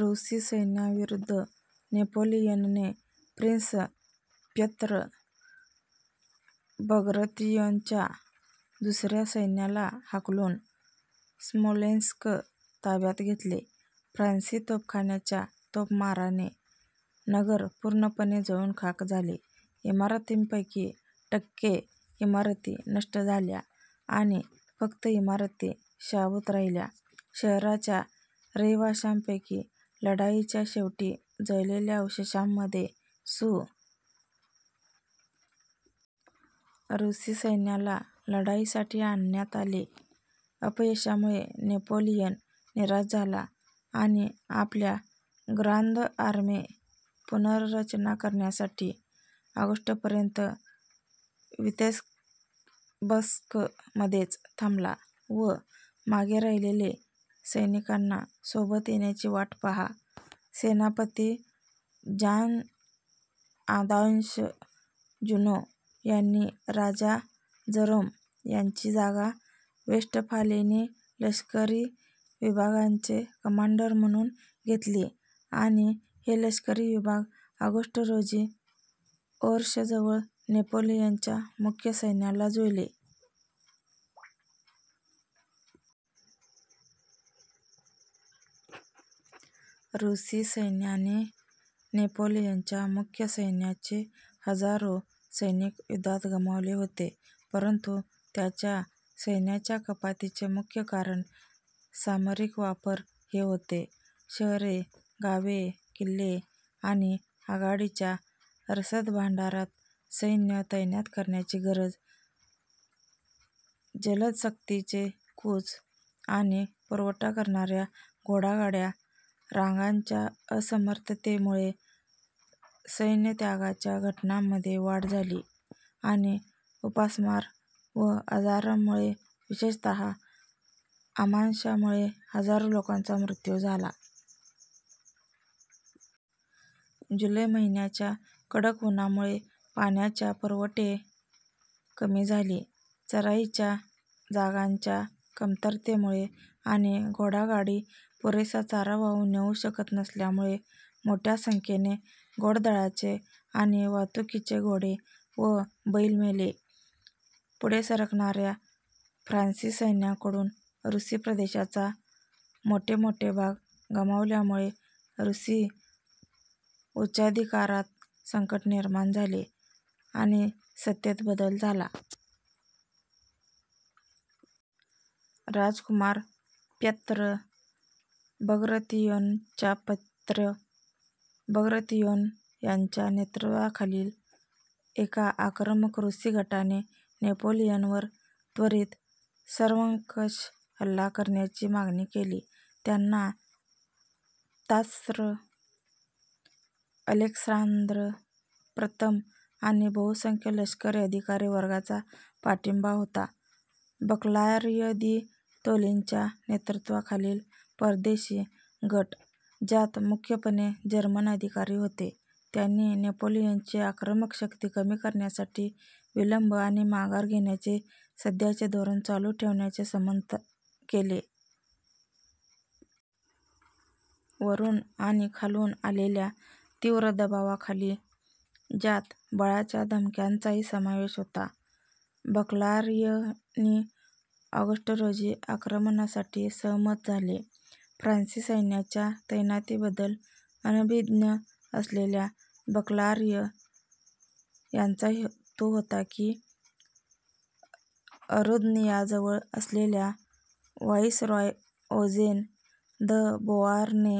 रूसी सैन्याविरुद्ध. नेपोलियनने प्रिन्स प्यत्र बग्रतियोनच्या दुसऱ्या सैन्याला हाकलून स्मोलेन्स्क ताब्यात घेतले. फ्रान्सी तोफखान्याच्या तोफमाराने नगर पूर्णपणे जळून खाक झाले. इमारतींपैकी टक्के इमारती नष्ट झाल्या आणि फक्त इमारती शाबूत राहिल्या. शहराच्या रहिवाशांपैकी, लढाईच्या शेवटी जळलेल्या अवशेषांमध्ये सु. रूसी सैन्याला लढाईसाठी आणण्यात आलेल्या अपयशामुळे नेपोलियन निराश झाला आणि आपल्या ग्रांद आर्मे पुनर्रचना करण्यासाठी ऑगस्टपर्यंत वितेब्स्कमध्येच थांबला व मागे राहिलेले सैनिकांना सोबत येण्याची वाट पहा. सेनापती जांन-आंदॉश जुनो यांनी राजा जरोम यांची जागा वेस्टफालेनी लष्करी विभागांचे कमांडर म्हणून घेतली आणि हे लष्करी विभाग ऑगस्ट रोजी ओर्षजवळ नेपोलियनच्या मुख्य सैन्याला जुळले. रूसी सैन्याने नेपोलियनच्या मुख्य सैन्याचे हजारो सैनिक युद्धात गमावले होते, परंतु त्याच्या सैन्याच्या कपातीचे मुख्य कारण सामरिक वापर हे होते शहरे, गावे, किल्ले आणि आघाडीच्या रसद भांडारात सैन्य तैनात करण्याची गरज. जलद सक्तीचे कूच आणि पुरवठा करणाऱ्या घोडागाड्या रांगांच्या असमर्थतेमुळे सैन्यत्यागाच्या घटनांमध्ये वाढ झाली आणि उपासमार व आजारांमुळे, विशेषतः आमांशामुळे, हजारो लोकांचा मृत्यू झाला. जुलै महिन्याच्या कडक उन्हामुळे पाण्याच्या पुरवठे कमी झाली. चराईच्या जागांच्या कमतरतेमुळे आणि घोडागाडी पुरेसा चारा वाहून नेऊ शकत नसल्यामुळे मोठ्या संख्येने घोडदळाचे आणि वाहतुकीचे घोडे व बैल मेले. पुढे सरकणाऱ्या फ्रांसी सैन्याकडून रूसी प्रदेशाचा मोठमोठे भाग गमावल्यामुळे रूसी उच्चाधिकारात संकट निर्माण झाले आणि सत्तेत बदल झाला. राजकुमार प्यत्र बग्रतियोनच्याप्यत्र बग्रतियोन यांच्या नेतृत्वाखालील एका आक्रमक "रूसी" गटाने नेपोलियनवर त्वरित, सर्वंकष हल्ला करण्याची मागणी केली. त्यांना त्सार अलेक्सांद्र प्रथम आणि बहुसंख्य लष्करी अधिकारी वर्गाचा पाठिंबा होता. बर्क्लाय दि तोलींच्या नेतृत्वाखालील "परदेशी" गट, ज्यात मुख्यपणे जर्मन अधिकारी होते, त्यांनी नेपोलियनची आक्रमक शक्ती कमी करण्यासाठी विलंब आणि माघार घेण्याचे सध्याचे धोरण चालू ठेवण्याचे समर्थन केले. वरून आणि खालून आलेल्या तीव्र दबावाखाली, ज्यात बळाच्या धमक्यांचाही समावेश होता, बर्क्लायनी ऑगस्ट रोजी आक्रमणासाठी सहमत झाले. फ्रान्सी सैन्याच्या तैनातीबद्दल अनभिज्ञ असलेल्या बर्क्लाय यांचा हेतू होता की, रुद्नियाजवळ असलेल्या व्हाइसरॉय ओजेन द बोआर्ने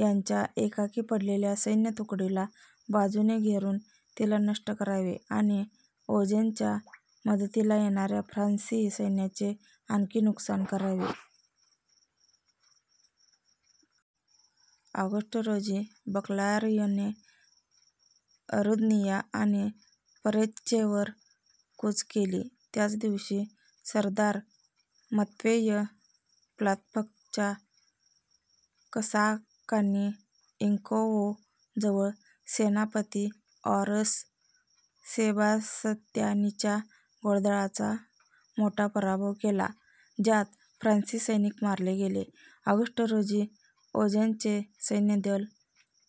यांच्या एकाकी पडलेल्या सैन्य तुकडीला बाजूने घेरून, तिला नष्ट करावे आणि ओजेनच्या मदतीला येणाऱ्या फ्रांसी सैन्याचे आणखी नुकसान करावे. ऑगस्ट रोजी बर्क्लायने रुद्निया आणि परेच्येवर कूच केली. त्याच दिवशी, सरदार मत्वेय प्लातफच्या कसाकांनी इंकोवो जवळ सेनापती ऑरास सेबास्त्यानीच्या घोडदळाचा मोठा पराभव केला, ज्यात फ्रांसी सैनिक मारले गेले. ऑगस्ट रोजी, ओजेनचे सैन्यदल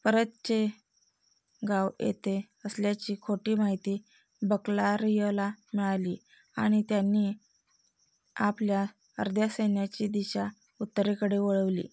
परच्ये गाव येथे असल्याची खोटी माहिती बर्क्लायला मिळाली आणि त्याने आपल्या अर्ध्या सैन्याची दिशा उत्तरेकडे वळवली.